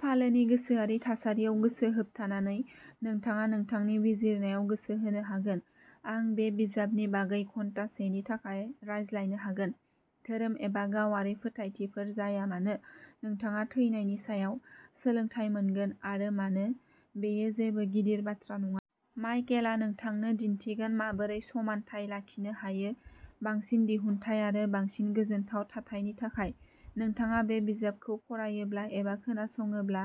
फालोनि गोसोआरि थासारियाव गोसो होथाबनानै, नोंथाङा नोंथांनि बिजिरनायाव गोसो होनो हागोन। आं बे बिजाबनि बागै घन्टासेनि थाखाय रायज्लायनो हागोन। धोरोम एबा गावारि फोथायथिफोर जाया मानो, नोंथाङा थैनायनि सायाव सोलोंथाय मोनगोन, आरो मानो बेयो जेबो गिदिर बाथ्रा नङा। माइकेलआ नोंथांनो दिन्थिगोन माबोरै समानथाय लाखिनो हायो, बांसिन दिहुनथाइ आरो बांसिन गोजोनथाव थाथायनि थाखाय। नोंथाङा बे बिजाबखौ फरायोब्ला एबा खोनासङोब्ला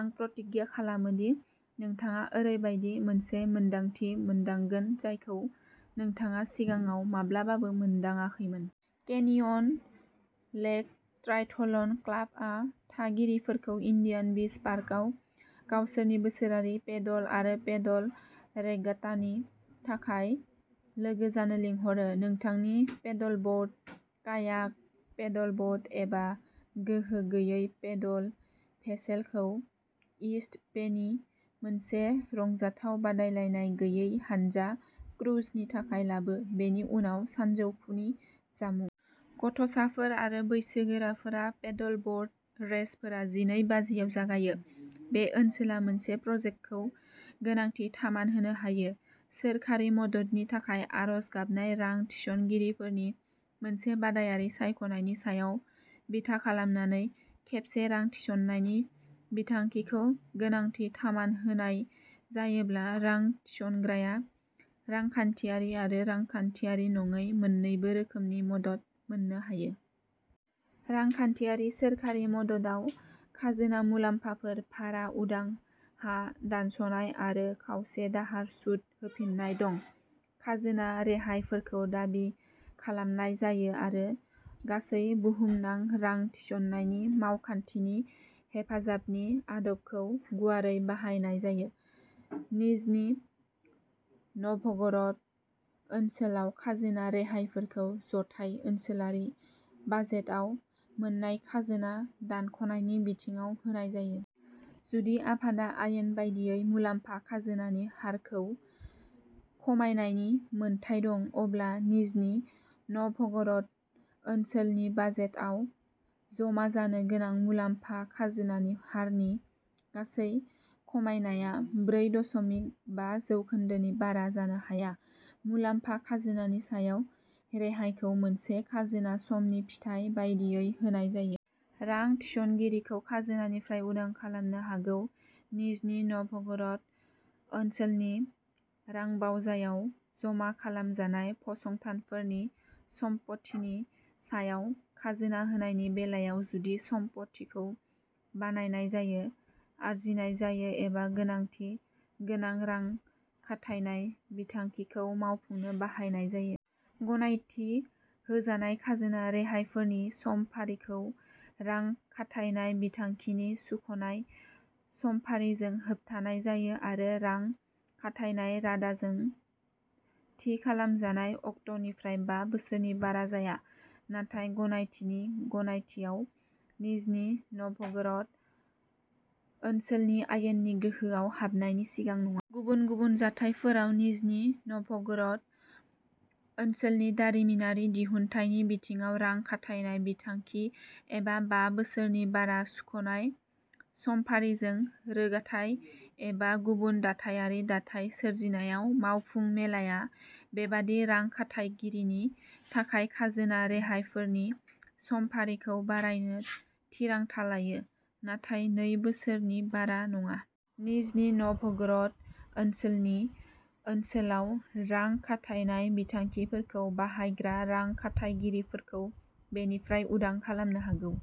आं प्रतिज्ञा खालामो दि नोंथाङा ओरैबायदि मोनसे मोनदांथि मोनदांगोन जायखौ नोंथाङा सिगाङाव माब्लाबाबो मोनदांआखैमोन। केनियन लेक ट्रायथल'न क्लाबआ थागिरिफोरखौ इन्डियान बीच पार्कआव गावसोरनि बोसोरारि पेडल आरो पेडल रेगाट्टानि थाखाय लोगो जानो लिंहरो। नोंथांनि पैडलब'र्ड, कायाक, पैडल बट, एबा गोहो गैयै पैडल भेसेलखौ इस्ट बेनि मोनसे रंजाथाव बादायलायनाय गैयै हानजा क्रुजनि थाखाय लाबो, बेनि उनाव सानजौफुनि जामुं। गथ'साफोर आरो बैसोगोरा पैडलब'र्ड रेसफोरा जिनै बाजिआव जागायो। बे ओनसोला मोनसे प्रजेक्टखौ गोनांथि थामान होनो हायो। सोरखारि मददनि थाखाय आर'ज गाबनाय रां थिसनगिरिफोरनि मोनसे बादायारि सायख'नायनि सायाव बिथा खालामनानै। खेबसे रां थिसननायनि बिथांखिखौ गोनांथि थामान होनाय जायोब्ला, रां थिसनग्राया रांखान्थियारि आरो रांखान्थियारि नङै मोन्नैबो रोखोमनि मदद मोननो हायो। रांखान्थियारि सोरखारि मददाव खाजोना मुलाम्फाफोर, भारा उदां हा दानस'नाय आरो खावसे दाहार सुद होफिननाय दं। खाजोना रेहायफोरखौ दाबि खालामनाय जायो आरो गासै बुहुमनां रां थिसननायनि मावखान्थिनि हेफाजाबनि आदबखौ गुवारै बाहायनाय जायो। निजनी न'भगर'ड ओनसोलाव खाजोना रेहायफोरखौ जथाय ओनसोलारि बाजेटआव मोन्नाय खाजोना दानख'नायनि बिथिङाव होनाय जायो। जुदि आफादा आयेन बायदियै मुलाम्फा खाजोनानि हारखौ खमायनायनि मोनथाय दं, अब्ला निजनी न'भगर'ड ओनसोलनि बाजेटआव जमा जानो गोनां मुलाम्फा खाजोनानि हारनि गासै खमायनाया ब्रै दशमिक बा जौखोन्दोनि बारा जानो हाया। मुलाम्फा खाजोनानि सायाव रेहायखौ मोनसे खाजोना समनि फिथाय बायदियै होनाय जायो। रां थिसनगिरिखौ खाजोनानिफ्राय उदां खालामनो हागौ। निजनी नभगोरद ओनसोलनि रांबावजायाव जमा खालामजानाय फसंथानफोरनि सम्पथिनि सायाव खाजोना होनायनि बेलायाव, जुदि सम्पथिखौ बानायनाय जायो, आरजिनाय जायो एबा गोनांथि गोनां रां खाथायनाय बिथांखिखौ मावफुंनो बाहायनाय जायो। गनायथि होजानाय खाजोना रेहायफोरनि समफारिखौ रां खाथायनाय बिथांखिनि सुख'नाय समफारिजों होबथानाय जायो आरो रां खाथायनाय रादाजों थि खालामजानाय अक्ट'निफ्राय बा बोसोरनि बारा जाया, नाथाय गनायथिनि गनायथिआव निजनी नभगोरद ओनसोलनि आयेननि गोहोआव हाबनायनि सिगां नङा। गुबुन गुबुन जाथायफोराव, निजनी नभगोरद ओनसोलनि दारिमिनारि दिहुन्थाइनि बिथिङाव रां खाथायनाय बिथांखि एबा बा बोसोरनि बारा सुख'नाय समफारिजों रोगाथाइ एबा गुबुन दाथायारि दाथाय सोरजिनायाव, मावफुं मेलाया बेबादि रां खाथायगिरिनि थाखाय खाजोना रेहायफोरनि समफारिखौ बारायनो थिरांथा लायो, नाथाय नै बोसोरनि बारा नङा। निजनी नभगोरद ओनसोलनि ओनसोलाव रां खाथायनाय बिथांखिफोरखौ बाहायग्रा रां खाथायगिरिफोरखौ बेनिफ्राय उदां खालामनो हागौ।